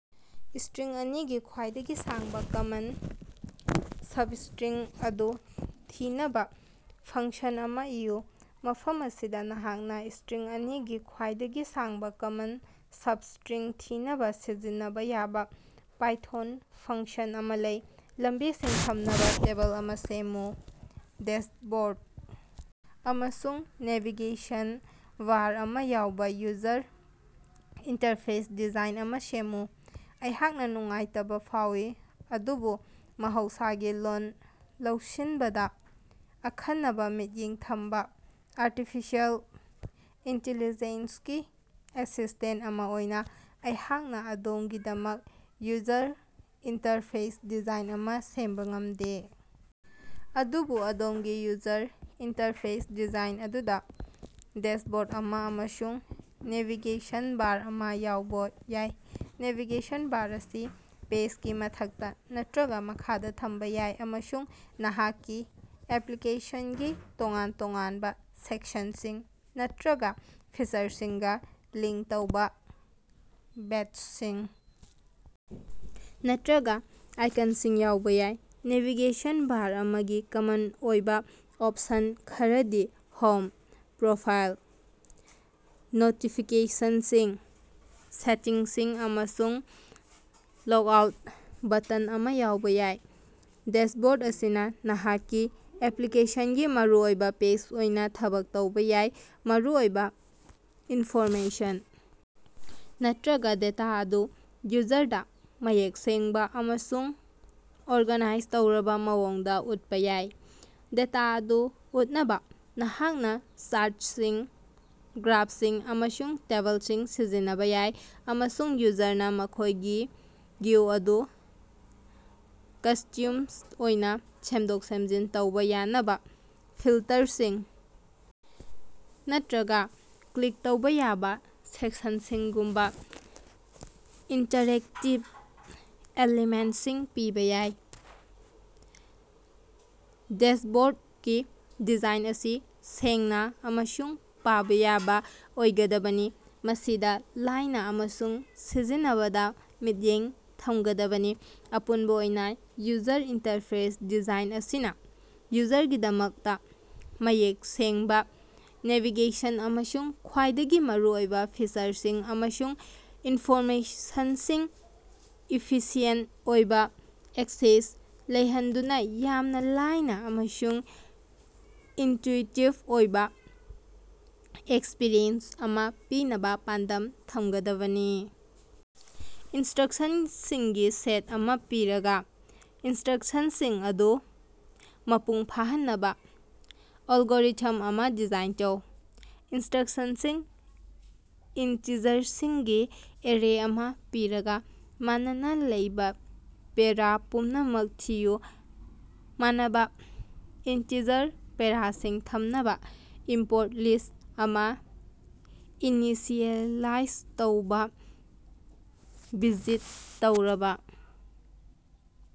String ꯑꯅꯤꯒꯤ ꯈ꯭ꯋꯥꯏꯗꯒꯤ ꯁꯥꯡꯕꯥ ꯀꯃꯟ substring ꯑꯗꯨ ꯊꯤꯅꯕꯥ ꯐꯪꯁꯟ ꯑꯃꯥ ꯏꯌꯨ꯫ ꯃꯐꯝ ꯑꯁꯤꯗꯥ ꯅꯍꯥꯛꯅꯥ ꯏꯁꯇ꯭ꯔꯤꯡ ꯑꯅꯤꯒꯤ ꯈ꯭ꯋꯥꯏꯗꯒꯤ ꯁꯥꯡꯕꯥ ꯀꯃꯟ ꯁꯕꯏꯁꯇ꯭ꯔꯤꯡ ꯊꯤꯅꯕꯥ ꯁꯤꯖꯤꯟꯅꯕꯥ ꯌꯥꯕꯥ ꯄꯥꯏꯊꯣꯟ ꯐꯪꯁꯟ ꯑꯃꯥ ꯂꯩ꯫ ꯂꯝꯕꯤꯁꯤꯡ ꯊꯝꯅꯕꯥ ꯇꯦꯕꯜ ꯑꯃꯥ ꯁꯦꯝꯃꯨ꯫ ꯗꯦꯁꯕꯣꯔꯗ ꯑꯃꯁꯨꯡ ꯅꯦꯚꯤꯒꯦꯁꯟ ꯕꯥꯔ ꯑꯃꯥ ꯌꯥꯎꯕꯥ ꯌꯨꯖꯔ ꯏꯟꯇꯔꯐꯦꯁ ꯗꯤꯖꯥꯏꯟ ꯑꯃꯥ ꯁꯦꯝꯃꯨ꯫ ꯑꯩꯍꯥꯛꯅꯥ ꯅꯨꯡꯉꯥꯏꯇꯕꯥ ꯐꯥꯎꯏ, ꯑꯗꯨꯕꯨ ꯃꯍꯧꯁꯥꯒꯤ ꯂꯣꯜ ꯂꯧꯁꯤꯟꯕꯗꯥ ꯑꯈꯟꯅꯕꯥ ꯃꯤꯠꯌꯦꯡ ꯊꯝꯕꯥ ꯑꯔꯇꯤꯐꯤꯁꯦꯜ ꯏꯟꯇꯤꯂꯤꯖꯦꯟꯁꯒꯤ ꯑꯦꯁꯤꯁꯇꯦꯟꯇ ꯑꯃꯥ ꯑꯣꯏꯅꯥ ꯑꯩꯍꯥꯛꯅꯥ ꯑꯗꯣꯝꯒꯤꯗꯃꯛ ꯌꯨꯖꯔ ꯏꯟꯇꯔꯐꯦꯁ ꯗꯤꯖꯥꯏꯟ ꯑꯃꯥ ꯁꯦꯝꯕꯥ ꯉꯝꯗꯦ, ꯑꯗꯨꯕꯨ ꯑꯗꯣꯝꯒꯤ ꯌꯨꯖꯔ ꯏꯟꯇꯔꯐꯦꯁ ꯗꯤꯖꯥꯏꯟ ꯑꯗꯨꯗꯥ ꯗꯦꯁꯕꯣꯔꯗ ꯑꯃꯥ ꯑꯃꯁꯨꯡ ꯅꯦꯚꯤꯒꯦꯁꯟ ꯕꯥꯔ ꯑꯃꯥ ꯌꯥꯎꯕꯥ ꯌꯥꯏ꯫ ꯅꯦꯚꯤꯒꯦꯁꯟ ꯕꯥꯔ ꯑꯁꯤ ꯄꯦꯖꯒꯤ ꯃꯊꯛꯇꯥ ꯅꯠꯇ꯭ꯔꯒꯥ ꯃꯈꯥꯗ ꯊꯝꯕꯥ ꯌꯥꯏ ꯑꯃꯁꯨꯡ ꯅꯍꯥꯛꯀꯤ ꯑꯦꯄ꯭ꯂꯤꯀꯦꯁꯟꯒꯤ ꯇꯣꯉꯥꯟ-ꯇꯣꯉꯥꯟꯕꯥ ꯁꯦꯛꯁꯟꯁꯤꯡ ꯅꯠꯇ꯭ꯔꯒꯥ ꯐꯤꯆꯔꯁꯤꯡꯒꯥ ꯂꯤꯡꯀ ꯇꯧꯕꯥ ꯕꯦꯠꯆꯁꯤꯡ ꯅꯠꯇ꯭ꯔꯒꯥ ꯑꯥꯏꯀꯟꯁꯤꯡ ꯌꯥꯎꯕꯥ ꯌꯥꯏ꯫ ꯅꯦꯚꯤꯒꯦꯁꯟ ꯕꯥꯔ ꯑꯃꯒꯤ ꯀꯃꯟ ꯑꯣꯏꯕꯥ ꯑꯣꯞꯁꯟ ꯈꯔꯗꯤ ꯍꯣꯝ, ꯄ꯭ꯔꯣꯐꯥꯏꯜ, ꯅꯣꯇꯤꯐꯤꯀꯦꯁꯟꯁꯤꯡ, ꯁꯦꯇꯤꯡꯁꯤꯡ, ꯑꯃꯁꯨꯡ ꯂꯣꯒꯑꯥꯎꯠ ꯕꯇꯟ ꯑꯃꯥ ꯌꯥꯎꯕꯥ ꯌꯥꯏ꯫ ꯗꯦꯁꯕꯣꯔꯗ ꯑꯁꯤꯅꯥ ꯅꯍꯥꯛꯀꯤ ꯑꯦꯄ꯭ꯂꯤꯀꯦꯁꯟꯒꯤ ꯃꯔꯨꯑꯣꯏꯕꯥ ꯄꯦꯖ ꯑꯣꯏꯅꯥ ꯊꯕꯛ ꯇꯧꯕꯥ ꯌꯥꯏ, ꯃꯔꯨꯑꯣꯏꯕꯥ ꯏꯟꯐꯣꯔꯃꯦꯁꯟ ꯅꯠꯇ꯭ꯔꯒꯥ ꯗꯦꯇꯥ ꯑꯗꯨ ꯌꯨꯖꯔꯗꯥ ꯃꯌꯦꯛ ꯁꯦꯡꯕꯥ ꯑꯃꯁꯨꯡ ꯑꯣꯔꯒꯥꯅꯥꯏꯖ ꯇꯧꯔꯕꯥ ꯃꯑꯣꯡꯗꯥ ꯎꯠꯄꯥ ꯌꯥꯏ꯫ ꯗꯦꯇꯥ ꯑꯗꯨ ꯎꯠꯅꯕꯥ ꯅꯍꯥꯛꯅꯥ ꯆꯥꯔꯇꯁꯤꯡ, ꯒ꯭ꯔꯥꯐꯁꯤꯡ, ꯑꯃꯁꯨꯡ ꯇꯦꯕꯜꯁꯤꯡ ꯁꯤꯖꯤꯟꯅꯕꯥ ꯌꯥꯏ, ꯑꯃꯁꯨꯡ ꯌꯨꯖꯔꯅꯥ ꯃꯈꯣꯏꯒꯤ ꯚꯤꯎ ꯑꯗꯨ ꯀꯁꯇ꯭ꯌꯨꯝꯁ ꯑꯣꯏꯅꯥ ꯁꯦꯝꯗꯣꯛ-ꯁꯦꯝꯖꯤꯟ ꯇꯧꯕꯥ ꯌꯥꯅꯕꯥ ꯐꯤꯜꯇꯔꯁꯤꯡ ꯅꯠꯇ꯭ꯔꯒꯥ ꯀ꯭ꯂꯤꯛ ꯇꯧꯕꯥ ꯌꯥꯕꯥ ꯁꯦꯛꯁꯟꯁꯤꯡꯒꯨꯝꯕꯥ ꯏꯟꯇꯔꯦꯛꯇꯤꯕ ꯑꯦꯂꯤꯃꯦꯟꯇꯁꯤꯡ ꯄꯤꯕꯥ ꯌꯥꯏ꯫ ꯗꯦꯁꯕꯣꯔꯗꯀꯤ ꯗꯤꯖꯥꯏꯟ ꯑꯁꯤ ꯁꯦꯡꯅꯥ ꯑꯃꯁꯨꯡ ꯄꯥꯕꯥ ꯌꯥꯕꯥ ꯑꯣꯏꯒꯗꯕꯅꯤ, ꯃꯁꯤꯗꯥ ꯂꯥꯏꯅꯥ ꯑꯃꯁꯨꯡ ꯁꯤꯖꯤꯟꯅꯕꯗꯥ ꯃꯤꯠꯌꯦꯡ ꯊꯃꯒꯗꯕꯅꯤ꯫ ꯑꯄꯨꯟꯕꯥ ꯑꯣꯏꯅꯥ, ꯌꯨꯖꯔ ꯏꯟꯇꯔꯐꯦꯁ ꯗꯤꯖꯥꯏꯟ ꯑꯁꯤꯅꯥ ꯌꯨꯖꯔꯒꯤꯗꯃꯛꯇꯥ ꯃꯌꯦꯛ ꯁꯦꯡꯕꯥ ꯅꯦꯚꯤꯒꯦꯁꯟ ꯑꯃꯁꯨꯡ ꯈ꯭ꯋꯥꯏꯗꯒꯤ ꯃꯔꯨꯑꯣꯏꯕꯥ ꯐꯤꯆꯔꯁꯤꯡ ꯑꯃꯁꯨꯡ ꯏꯟꯐꯣꯔꯃꯦꯁꯟꯁꯤꯡ ꯏꯐꯤꯁꯤꯑꯦꯟꯇ ꯑꯣꯏꯕꯥ ꯑꯦꯛꯁꯦꯁ ꯂꯩꯍꯟꯗꯨꯅꯥ, ꯌꯥꯝꯅꯥ ꯂꯥꯏꯅꯥ ꯑꯃꯁꯨꯡ ꯏꯟꯇꯨꯏꯇꯤꯚ ꯑꯣꯏꯕꯥ ꯑꯦꯛꯁꯄꯤꯔꯤꯑꯦꯟꯁ ꯑꯃꯥ ꯄꯤꯅꯕꯥ ꯄꯥꯟꯗꯝ ꯊꯃꯒꯗꯕꯅꯤ꯫। ꯏꯟꯁꯇ꯭ꯔꯛꯁꯟꯁꯤꯡꯒꯤ ꯁꯦꯠ ꯑꯃꯥ ꯄꯤꯔꯒꯥ, ꯏꯟꯁꯇ꯭ꯔꯛꯁꯟꯁꯤꯡ ꯑꯗꯨ ꯃꯄꯨꯡ ꯐꯥꯍꯟꯅꯕꯥ ꯑꯦꯜꯒꯣꯔꯤꯊꯝ ꯑꯃꯥ ꯗꯤꯖꯥꯏꯟ ꯇꯧ꯫ ꯏꯟꯁꯇ꯭ꯔꯛꯁꯟꯁꯤꯡ: ꯏꯟꯇꯤꯖꯔꯁꯤꯡꯒꯤ ꯑꯦꯔꯦ ꯑꯃꯥ ꯄꯤꯔꯒꯥ, ꯃꯅꯥꯅ ꯂꯩꯕꯥ ꯄꯦꯔꯥ ꯄꯨꯝꯅꯃꯛ ꯊꯤꯌꯨ꯫ ꯃꯅꯥꯕ ꯏꯟꯇꯤꯖꯔ ꯄꯦꯔꯥꯁꯤꯡ ꯊꯝꯅꯕꯥ ꯏꯝꯄꯣꯔꯠ ꯂꯤꯁ ꯑꯃꯥ ꯏꯅꯤꯁꯤꯑꯦꯂꯥꯏꯖ ꯇꯧꯕꯥ ꯚꯤꯖꯤꯠ ꯇꯧꯔꯕꯥ